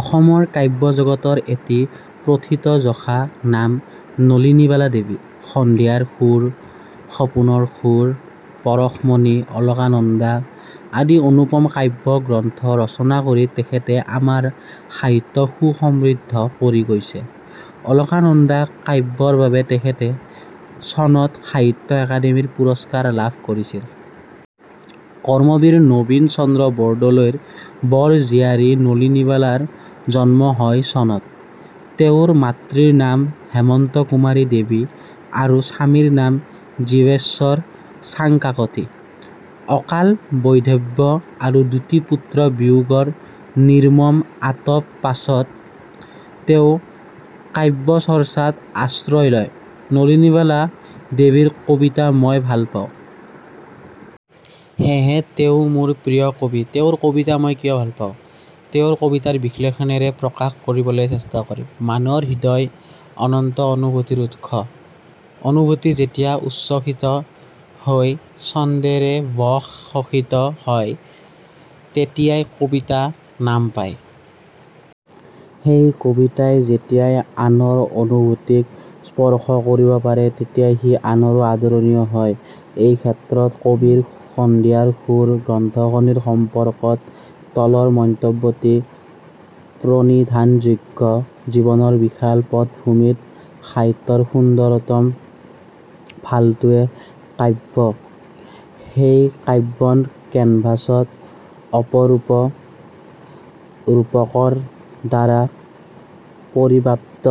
অসমৰ কাব্যজগতৰ এটি প্ৰথিতযশা নাম নলিনীবালা দেৱী। 'সন্ধিয়াৰ সুৰ', 'সপোনৰ সুৰ', 'পৰশমণি, 'অলকানন্দা' আদি অনুপম কাব্য-গ্ৰন্থ ৰচনা কৰি তেখেতে আমাৰ সাহিত্য সু-সমৃদ্ধ কৰি গৈছে। 'অলকানন্দা' কাব্যৰ বাবে তেখেতে চনত সাহিত্য-অকাডেমিৰ পুৰস্কাৰ লাভ কৰিছিল। কৰ্মবীৰ নবীনচন্দ্ৰ বৰদলৈৰ বৰ জীয়াৰী নলিনীবালাৰ জন্ম হয় চনত। তেওঁৰ মাতৃৰ নাম হেমন্তকুমাৰী দেৱী আৰু স্বামীৰ নাম জীৱেশ্বৰ চাংকাকতি। অকাল বৈধৱ্য্য আৰু দুটি পুত্ৰ-বিয়োগৰ নিৰ্মম আতব পাছত তেওঁ কাব্যচৰ্চাত আশ্ৰয় লয়। নলিনীবালা দেৱীৰ কবিতা মই ভাল পাওঁ। সেয়েহে তেওঁ মোৰ প্ৰিয় কৰি। তেওঁৰ কবিতা মই কিয় ভাল পাওঁ, তেওঁৰ কবিতাৰ বিশ্লেষণেৰে প্ৰকাশ কৰিবলৈ চেষ্টা কৰিম। মানুহৰ হৃদয় অনন্ত অনুভূতিৰ উৎস। অনুভূতি যেতিয়া উচ্ছ্বসিত হৈ ছন্দেবে ব শয়িত হয়, তেতিয়াই কবিতা নাম পায়। সেই কবিতাই যেতিয়াই আনব অনুভূতিক স্পর্শ কৰিব পাৰে, তেতিয়াই সি আনৰো আদৰণীয় হয়। এই ক্ষেত্ৰত কবিৰ "সন্ধিয়াৰ সুব"- গ্ৰন্থখনিৰ সম্পৰ্কত তলৰ মন্তব্যটি প্ৰণিধানযোগ্য- "জীৱনৰ বিশাল পটভূমিত সাহিত্যৰ সুন্দৰ্তম ফালটোৱে কাব্য। সেই কাব্যন 'কেভাছ'ত অপৰূপ ৰূপকৰ দ্বাৰা পৰিব্যাপ্ত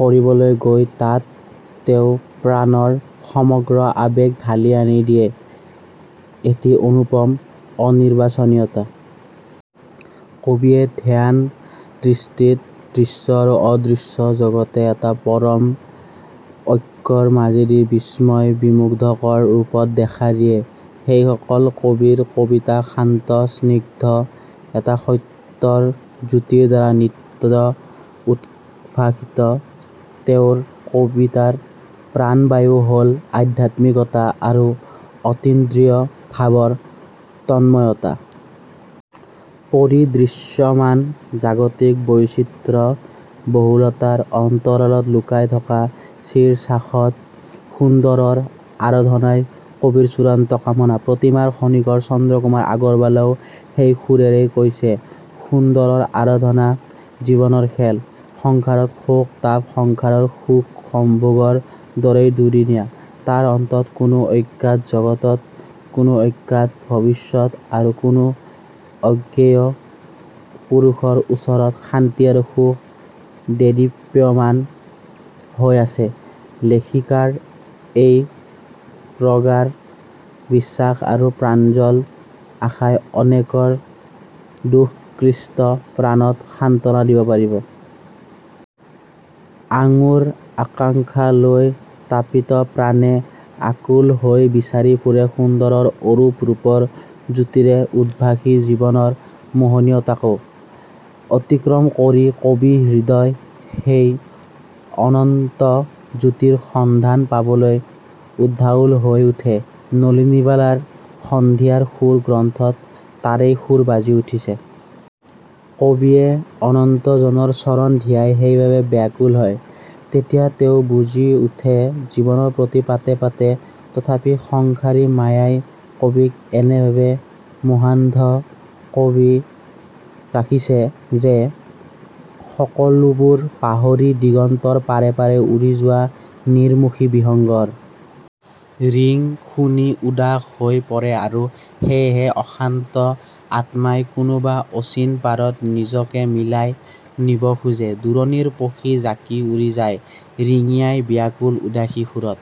কৰিবলৈ গৈ তাত তেওঁ প্ৰাণৰ সমগ্ৰ আবেগ ঢালি আনি দিয়ে এটি অনুপম অনিৰ্বাচনীয়তা। কবিৰ ধ্যান দৃষ্টিত দৃশ্য আৰু অদৃশ্য জগতে এটা পৰম ঐক্যব মাজেদি বিস্ময় বিমুগ্ধকৰ ৰূপত দেখা দিয়ে। সেইসকল কবিৰ কবিতা শান্ত, স্নিগ্ধ এটা সত্যৰ জ্যোতিৰ দ্বাৰা নিত্য উদ্ভাসিত; তেওঁৰ কবিতাৰ প্ৰাণবায়ু হ'ল আধ্যাত্মিকতা আৰু অতীন্দ্ৰিয় ভাবৰ তন্ময়তা। পৰিদৃশ্যমান জাগতিক বৈচিত্ৰ্য বহুলতাৰ অন্তৰালত লুকাই থকা চিব শাশ্বত সুন্দৰৰ আৰাধনাই কবিৰ চূড়ান্ত কামনা। " প্ৰতিমাৰ খনিকৰ চন্দ্ৰকুমাৰ আগৰৱালায়ো সেই সুৰেৰেই কৈছে- "সুন্দৰৰ আৰাধনা জীৱনৰ খেল। " "সংসাৰৰ শোক-তাপ, সংসাৰৰ সুখ-সম্ভোগৰ দৰেই দুদিনীয়া; তাৰ অন্তত কোনো অজ্ঞাত জগতত, কোনো অজ্ঞাত ভৱিষ্যত আৰু কোনো অজ্ঞেয় পুৰুষৰ ওচৰত শান্তি আৰু সুখ দেদীপ্যমান হৈ আছে; লেখিকাৰ এই প্ৰগাঢ় বিশ্বাস আৰু প্ৰাঞ্জল আশাই অনেকৰ দুখ ক্লিষ্ট প্ৰাণত সান্ত্বনা দিব পাৰিব। আঙুৰ আকাংক্ষা লৈ তাপিত প্ৰাণে আকুল হৈ বিচাৰি ফুৰে- সুন্দৰৰ অৰূপ ৰূপৰ জ্যোতিৰে উদ্ভাসি জীৱনৰ মোহনীয়তাকো অতিক্ৰম কৰি কবি-হৃদয় সেই অনন্ত জ্যোতিৰ সন্ধান পাবলৈ উদ্বাউল হৈ উঠে। নলিনীবালাৰ সন্ধিয়াৰ সুৰ গ্ৰন্থত তাৰেই সুৰ বাজি উঠিছে। কবিয়ে অনন্তজনৰ চৰণ ধিয়াই সেইবাবে ব্যাকুল হয়। তেতিয়া তেওঁ বুজি উঠে- "জীৱনৰ প্ৰতি পাতে পাতে তথাপি সংসাৰী মায়াই কবিক এনেভাৱে মোহান্ধ কবি ৰাখিছে যে সকলোবোৰ পাহৰি, দিগন্তৰ পাৰে পাৰে উৰি যোৱা নীড়-মুখী বিহংগৰ ৰিং শুনি উদাস হৈ পৰে আৰু সেয়েহে অশান্ত আত্মাই কোনোবা অচিন পাৰত নিজকে মিলাই নিব খোজে- "দূৰণিৰ পখী জাকি উৰি যায় ৰিঙিয়াই বিয়াকুল উদাসী সুৰত